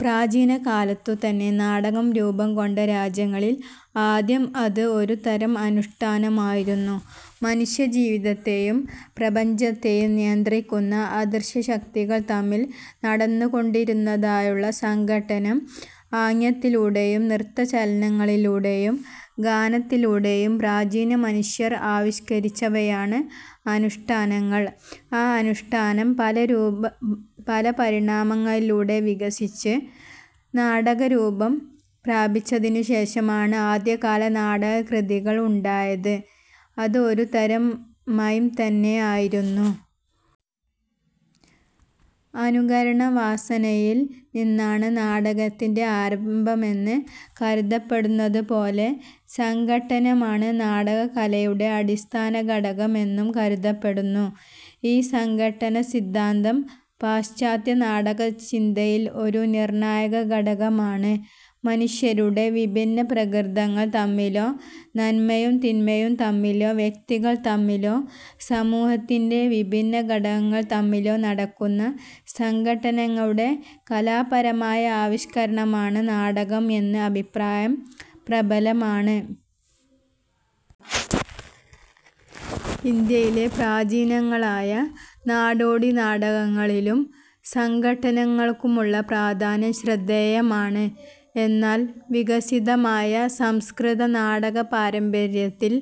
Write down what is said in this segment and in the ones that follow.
പ്രാചീന കാലത്തുതന്നെ നാടകം രൂപംകൊണ്ട രാജ്യങ്ങളിൽ ആദ്യം അത് ഒരുതരം അനുഷ്ഠാനമായിരുന്നു. മനുഷ്യജീവിതത്തെയും പ്രപഞ്ചത്തെയും നിയന്ത്രിക്കുന്ന അദൃശ്യശക്തികൾ തമ്മിൽ നടന്നുകൊണ്ടിരിക്കുന്നതായുള്ള സംഘട്ടനം ആംഗ്യത്തിലൂടെയും നൃത്തചലനങ്ങളിലൂടെയും ഗാനത്തിലൂടെയും പ്രാചീനമനുഷ്യർ ആവിഷ്കരിച്ചവയാണ് അനുഷ്ഠാനങ്ങൾ. ആ അനുഷ്ഠാനം പല പരിണാമങ്ങളിലൂടെ വികസിച്ച് നാടകരൂപം പ്രാപിച്ചതിനുശേഷമാണ് ആദ്യകാല നാടകകൃതികൾ ഉണ്ടായത്. അത് ഒരുതരം മൈം തന്നെ ആയിരുന്നു. അനുകരണവാസനയിൽ നിന്നാണ് നാടകത്തിന്റെ ആരംഭമെന്ന് കരുതപ്പെടുന്നതുപോലെ സംഘട്ടനമാണ് നാടകകലയുടെ അടിസ്ഥാനഘടകമെന്നും കരുതപ്പെടുന്നു. ഈ സംഘട്ടനസിദ്ധാന്തം പാശ്ചാത്യ നാടകചിന്തയിൽ ഒരു നിർണായകഘടകമാണ്. മനുഷ്യരുടെ വിഭിന്ന പ്രകൃതങ്ങൾ തമ്മിലോ നന്മയും തിന്മയും തമ്മിലോ വ്യക്തികൾ തമ്മിലോ സമൂഹത്തിന്റെ വിഭിന്ന ഘടകങ്ങൾ തമ്മിലോ നടക്കുന്ന സംഘട്ടനങ്ങളുടെ കലാപരമായ ആവിഷ്കാരമാണ് നാടകം എന്ന അഭിപ്രായം പ്രബലമാണ്. ഇന്ത്യയിലെ പ്രാചീനങ്ങളായ നാടോടി നാടകങ്ങളിലും സംഘട്ടനങ്ങൾക്കുള്ള പ്രാധാന്യം ശ്രദ്ധേയമാണ്. എന്നാൽ വികസിതമായ സംസ്കൃത നാടക പാരമ്പര്യത്തിൽ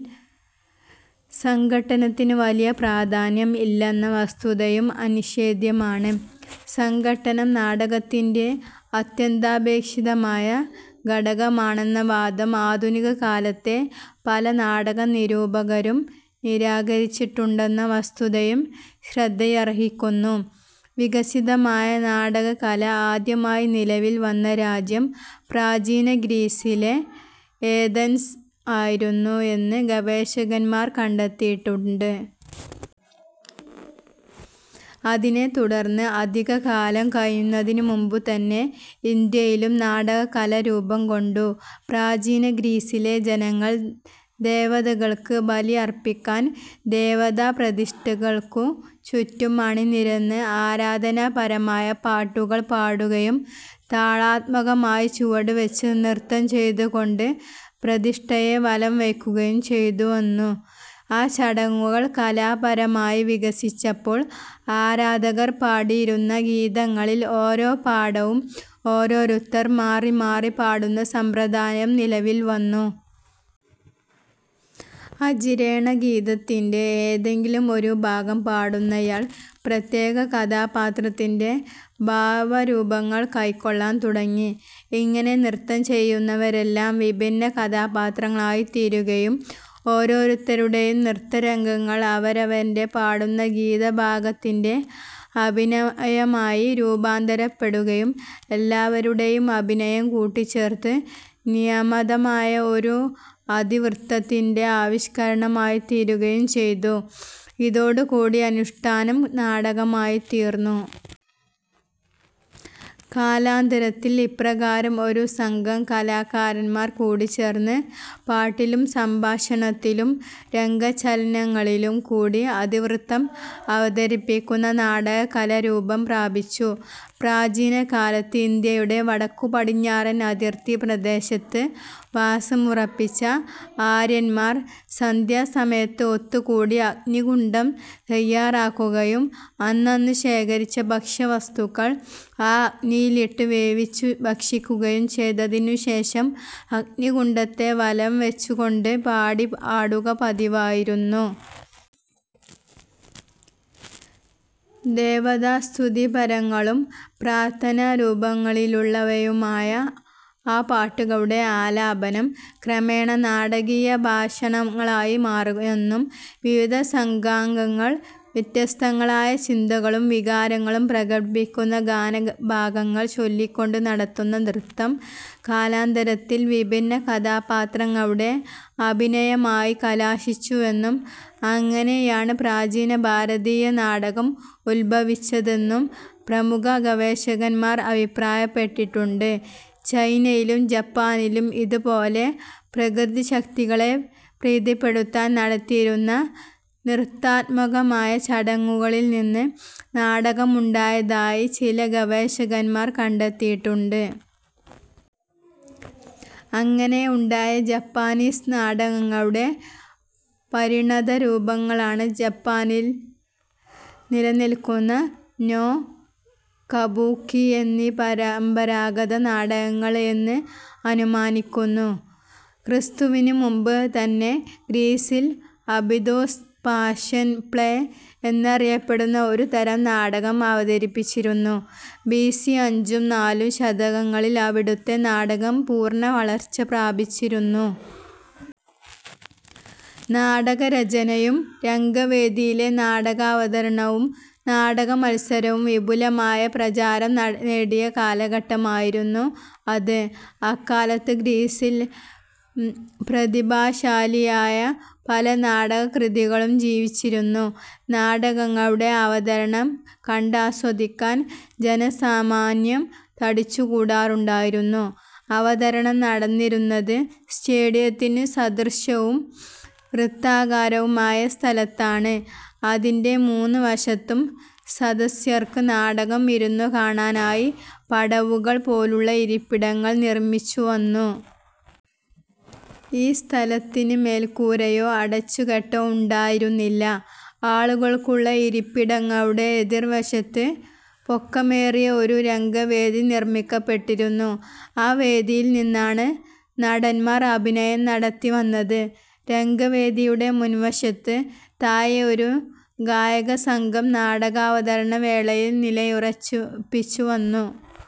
സംഘട്ടനത്തിന് വലിയ പ്രാധാന്യം ഇല്ലെന്ന വസ്തുതയും അനിഷേധ്യമാണ്. സംഘട്ടനം നാടകത്തിന്റെ അത്യന്താപേക്ഷിതമായ ഘടകമാണെന്ന വാദം ആധുനിക കാലത്തെ പല നാടക നിരൂപകരും നിരാകരിച്ചിട്ടുണ്ടെന്ന വസ്തുതയും ശ്രദ്ധയർഹിക്കുന്നു. വികസിതമായ നാടകകല ആദ്യമായി നിലവിൽ വന്ന രാജ്യം പ്രാചീന ഗ്രീസിലെ ഏഥൻസ് ആയിരുന്നു എന്ന് ഗവേഷകന്മാർ കണ്ടെത്തിയിട്ടുണ്ട്. അതിനെത്തുടർന്ന് അധികകാലം കഴിയുന്നതിനു മുമ്പുതന്നെ ഇന്ത്യയിലും നാടകകല രൂപംകൊണ്ടു. പ്രാചീനഗ്രീസിലെ ജനങ്ങൾ ദേവതകൾക്ക് ബലി അർപ്പിക്കാൻ ദേവതാ പ്രതിഷ്ഠകൾക്കു ചുറ്റും അണിനിരന്ന് ആരാധനാപരമായ പാട്ടുകൾ പാടുകയും താളാത്മകമായി ചുവടുവച്ച് നൃത്തം ചെയ്തുകൊണ്ട് പ്രതിഷ്ഠയെ വലംവയ്ക്കുകയും ചെയ്തുവന്നു. ആ ചടങ്ങുകൾ കലാപരമായി വികസിച്ചപ്പോൾ ആരാധകർ പാടിയിരുന്ന ഗീതങ്ങളിൽ ഓരോ ഭാഗവും ഓരോരുത്തർ മാറിമാറി പാടുന്ന സമ്പ്രദായം നിലവിൽവന്നു. അചിരേണ ഗീതത്തിന്റെ ഏതെങ്കിലും ഒരു ഭാഗം പാടുന്നയാൾ പ്രത്യേക കഥാപാത്രത്തിന്റെ ഭാവരൂപങ്ങൾ കൈക്കൊള്ളാൻ തുടങ്ങി. ഇങ്ങനെ നൃത്തം ചെയ്യുന്നവരെല്ലാം വിഭിന്ന കഥാപാത്രങ്ങളായിത്തീരുകയും ഓരോരുത്തരുടെയും നൃത്തരംഗങ്ങൾ അവരവർ പാടുന്ന ഗീതഭാഗത്തിന്റെ അഭിനയമായി രൂപാന്തരപ്പെടുകയും എല്ലാവരുടെയും അഭിനയം കൂടിച്ചേർന്ന് നിയതമായ ഒരു ഇതിവൃത്തത്തിന്റെ ആവിഷ്കരണമായിത്തീരുകയും ചെയ്തു. അതോടുകൂടി അനുഷ്ഠാനം നാടകമായിത്തീർന്നു. കാലാന്തരത്തിൽ ഇപ്രകാരം ഒരു സംഘം കലാകാരന്മാർ കൂടിച്ചേർന്ന് പാട്ടിലും സംഭാഷണത്തിലും രംഗചലനങ്ങളിലും കൂടി ഇതിവൃത്തം അവതരിപ്പിക്കുന്ന നാടകകല രൂപംപ്രാപിച്ചു. പ്രാചീനകാലത്ത് ഇന്ത്യയുടെ വടക്കുപടിഞ്ഞാറൻ അതിർത്തി പ്രദേശത്ത് വാസമുറപ്പിച്ച ആര്യന്മാർ സന്ധ്യാസമയത്ത് ഒത്തുകൂടി അഗ്നികുണ്ഠം തയ്യാറാക്കുകയും അന്നന്ന് ശേഖരിച്ച ഭക്ഷ്യവസ്തുക്കൾ ആ അഗ്നിയിലിട്ട് വേവിച്ചു ഭക്ഷിക്കുകയും ചെയ്തതിനുശേഷം അഗ്നികുണ്ഠത്തെ വലംവച്ചുകൊണ്ടു പാടി ആടുക പതിവായിരുന്നു. ദേവതാസ്തുതിപരങ്ങളും പ്രാർഥനാരൂപത്തിലുള്ളവയുമായ ആ പാട്ടുകളുടെ ആലാപനം, ക്രമേണ നാടകീയ ഭാഷണങ്ങളായി മാറിയെന്നും വിവിധ സംഘാംഗങ്ങൾ വ്യത്യസ്തങ്ങളായ ചിന്തകളും വികാരങ്ങളും പ്രകടിപ്പിക്കുന്ന ഗാനഭാഗങ്ങൾ ചൊല്ലിക്കൊണ്ട് നടത്തുന്ന നൃത്തം കാലാന്തരത്തിൽ വിഭിന്ന കഥാപാത്രങ്ങളുടെ അഭിനയമായി കലാശിച്ചുവെന്നും അങ്ങനെയാണ് പ്രാചീന ഭാരതീയ നാടകം ഉദ്ഭവിച്ചതെന്നും പ്രമുഖ ഗവേഷകന്മാർ അഭിപ്രായപ്പെട്ടിട്ടുണ്ട്. ചൈനയിലും ജപ്പാനിലും ഇതുപോലെ പ്രകൃതിശക്തികളെ പ്രീതിപ്പെടുത്താൻ നടത്തിയിരുന്ന നൃത്താത്മകമായ ചടങ്ങുകളിൽ നിന്ന് നാടകമുണ്ടായതായി ചില ഗവേഷകന്മാർ കണ്ടെത്തിയിട്ടുണ്ട്. അങ്ങനെ ഉണ്ടായ ജാപ്പനീസ് നാടകങ്ങളുടെ പരിണതരൂപങ്ങളാണ് ജപ്പാനിൽ നിലനിൽക്കുന്ന നോ, കബൂക്കി എന്നീ പരമ്പരാഗത നാടകങ്ങൾ എന്ന് അവർ അനുമാനിക്കുന്നു. ക്രിസ്തുവിന് മുൻപ് തന്നെ ഗ്രീസിൽ അബിദോസ് പാഷൻ പ്ലേ എന്നറിയപ്പെടുന്ന ഒരുതരം നാടകം അവതരിപ്പിച്ചിരുന്നു. ബിസി അഞ്ചും നാലും ശതകങ്ങളിൽ അവിടുത്തെ നാടകം പൂർണ വളർച്ച പ്രാപിച്ചിരുന്നു. നാടകരചനയും രംഗവേദിയിലെ നാടകാവതരണവും നാടകമത്സരവും വിപുലമായ പ്രചാരം നേടിയ കാലഘട്ടമായിരുന്നു അത്. അക്കാലത്ത് ഗ്രീസിൽ പ്രതിഭാശാലികളായ പല നാടകകൃത്തുക്കളും ജീവിച്ചിരുന്നു. നാടകങ്ങളുടെ അവതരണം കണ്ടാസ്വദിക്കാൻ ജനസാമാന്യം തടിച്ചുകൂടാറുണ്ടായിരുന്നു. അവതരണം നടന്നിരുന്നത് സ്റ്റേഡിയത്തിന് സദൃശവും വൃത്താകാരവുമായ സ്ഥലത്താണ്. അതിന്റെ മൂന്ന് വശത്തും സദസ്യർക്ക് നാടകം ഇരുന്നുകാണാനായി പടവുകൾ പോലുള്ള ഇരിപ്പിടങ്ങൾ നിർമിച്ചുവന്നു. ഈ സ്ഥലത്തിന് മേൽക്കൂരയോ അടച്ചുകെട്ടോ ഉണ്ടായിരുന്നില്ല. ആളുകൾക്കുള്ള ഇരിപ്പിടങ്ങളുടെ എതിർവശത്ത് പൊക്കമേറിയ ഒരു രംഗവേദി നിർമ്മിക്കപ്പെട്ടിരുന്നു. ആ വേദിയിൽ നിന്നാണ് നടന്മാർ അഭിനയം നടത്തിവന്നത്. രംഗവേദിയുടെ മുൻവശത്ത് താഴെ ഒരു ഗായകസംഘം നാടകാവതരണവേളയിൽ നിലയുറപ്പിച്ചുവന്നു.